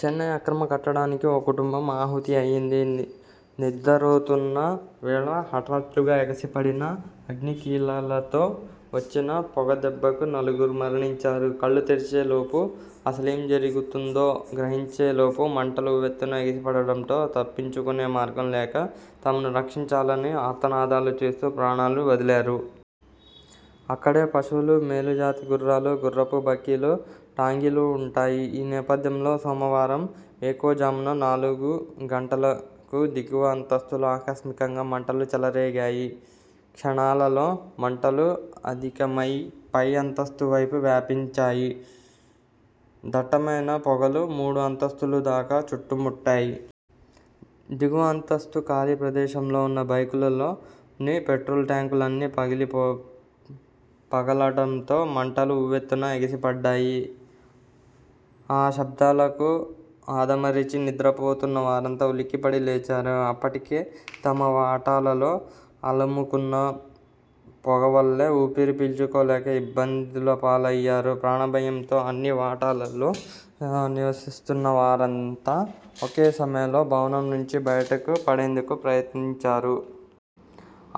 చెన్నై అక్రమ కట్టడానికి ఓ కుటుంబం ఆహుతి అయ్యింది. నిద్దరోతున్న వేళ హఠాత్తుగా ఎగసిపడిన అగ్నికీలలతో వచ్చిన పొగదెబ్బకు నలుగురు మరణించారు. కళ్లు తెరిచేలోపు, అసలేం జరుగుతుందో గ్రహించేలోపు మంటలు ఉవ్వెత్తున ఎగసిపడడంతో తప్పించుకునే మార్గం లేక, తమను రక్షించాలని ఆర్తనాదాలు చేస్తూ ప్రాణాలు వదిలారు. అక్కడే పశువులు, మేలుజాతి గుర్రా లు, గుర్రపు బగ్గీలు, టాంగాలు ఉంటాయి. ఈ నేపథ్యంలో సోమవారం వేకువజాము నాలుగు గంటలకు దిగువ అంతస్తులో ఆకస్మికంగా మంటలు చెలరేగాయి. క్షణాలలో మంటలు అధికమై పై అంతస్తుల వైపు వ్యాపించాయి. దట్టమైన పొగలు మూడో అంతస్తులు దాకా చుట్టుముట్టాయి. దిగువ అంతస్తు ఖాళీ ప్రదేశంలో ఉన్న బైకుల లోని పెట్రోలు ట్యాంకులన్నీ పగలటంతో మంటలు ఉవ్వెత్తున ఎగసిపడ్డాయి. ఆ శబ్దాలకు ఆదమరచి నిద్రపోతున్నవారంతా ఉలిక్కిపడి లేచారు. అప్పటి కే తమ వాటాలలో అలముకున్న పొగ వల్ల ఊపిరి పీల్చుకోలేక ఇబ్బందులపాలయ్యారు. ప్రాణ భయంతో అన్ని వాటాలలో నివసిస్తున్నవారంతా ఒకే సమయంలో భవనం నుంచి బయట పడేందుకు ప్రయత్నించారు.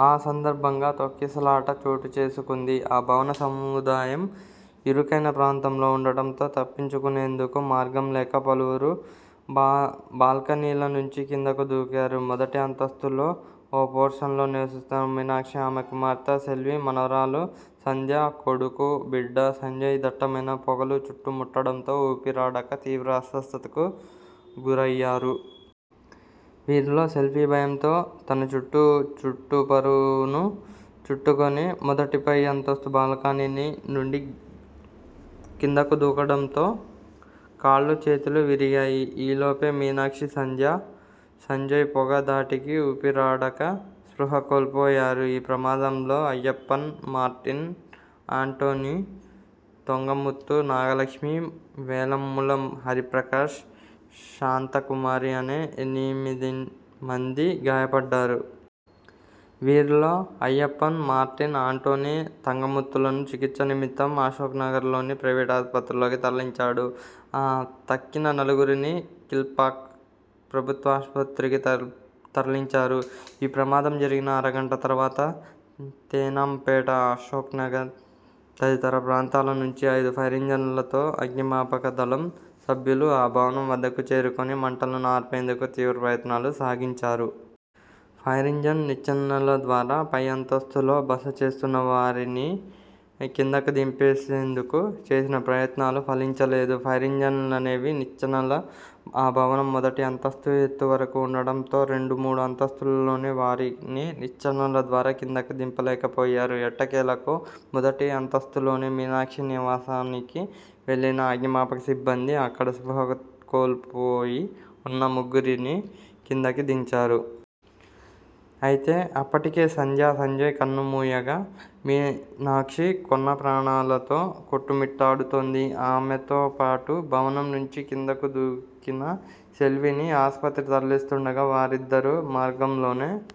ఆ సందర్భంగా తొక్కిసలాట చోటుచేసుకుంది. ఆ భవన సముదాయం ఇరుకైన ప్రాంతంలో ఉండటంతో తప్పించుకునేందుకు మార్గం లేక పలువురు బాబాల్కనీల నుంచి కిందకు దూకారు. మొదటి అంతస్థులో ఓ పోర్షన్లో నివసిస్తున్న మీనాక్షి, ఆమె కుమార్తె సెల్వి, మనుమరాలు సంధ్య, కొడుకు బిడ్డ సంజయ్ దట్టమైన పొగలు చుట్టుముట్టడంతో ఊపిరాడక తీవ్ర అస్వస్థతకు గురయ్యారు. వీరిలో సెల్వి భయంతో తన వంటి చుట్టు పరుపును చుట్టుకుని మొదటి పై అంతస్తు బాల్కనీని నుండి కిందకు దూకటంతో కాళ్లు చేతులు విరిగాయి. ఈలోపే మీనాక్షి, సంధ్య, సంజయ్ పొగ ధాటికి ఊపిరాడక స్పృహ కోల్పోయారు. ఈ ప్రమాదంలో అయ్యప్పన్, మార్టిన్, ఆంటోని తుంగముత్తు, నాగలక్ష్మి, వేలమ్మాళ్, హర్రిపకాష్, శాంతకుమార్ అనే ఎనిమిది మంది గాయపడ్డారు. వీరిలో అయ్యప్పన్, మార్టిన్, ఆంటోని, తంగముత్తును చికిత్స నిమిత్తం అశోక్నగర్లోని ప్రైవేటు ఆస్పత్రికి తర్ తరలించారు. తక్కిన నలుగురిని కీల్పాక్ ప్రభుత్వ ఆస్పత్రికి తరలించారు. ఈ ప్రమాదం జరిగిన అరగంట తర్వాత తేనాం పేట, అశోక్నగర్ తదితర ప్రాంతాల నుంచి ఐదు ఫైరింజన్లతో అగ్నిమాపక దళం సభ్యులు ఆ భవనం వద్దకు చేరుకుని మంటలను ఆర్పేందుకు తీవ్ర ప్రయత్నాలు సాగించారు. ఫైరింజిన్ నిచ్చెనల ద్వారా పై అంతస్తులలో బస చేస్తున్నవారిని కిందకు దింపేందుకు చేసిన ప్రయత్నాలు ఫలించలేదు. ఫైరింజన్పైని నిచ్చెనలు ఆ భవనం మొదటి అంతస్తున్న ఎత్తువరకే ఉండటంతో రెండు మూడు అంతస్తులలోని వారిని నిచ్చెనల ద్వారా కిందకు దింపలేకపోయారు. ఎట్టకేలకు మొదటి అంతస్తులోని మీనాక్షి నివాసానికి వెళ్లిన అగ్నిమాపక సిబ్బంది, అక్కడ స్పృహ కోల్పోయి వున్న ముగ్గురినీ కిందకు దించారు. అయితే అప్పటికే సంధ్య, సంజయ్ కన్నుమూయగా, మీనాక్షి కొన్న ప్రాణాలతో కొట్టుమిట్టాడుతోంది. ఆమెతో పాటు భవనం నుంచి కిందకు దూకిన సెల్విని ఆస్పత్రికి తరలిస్తుండగా, వారిద్దరూ మార్గమధ్యలోనే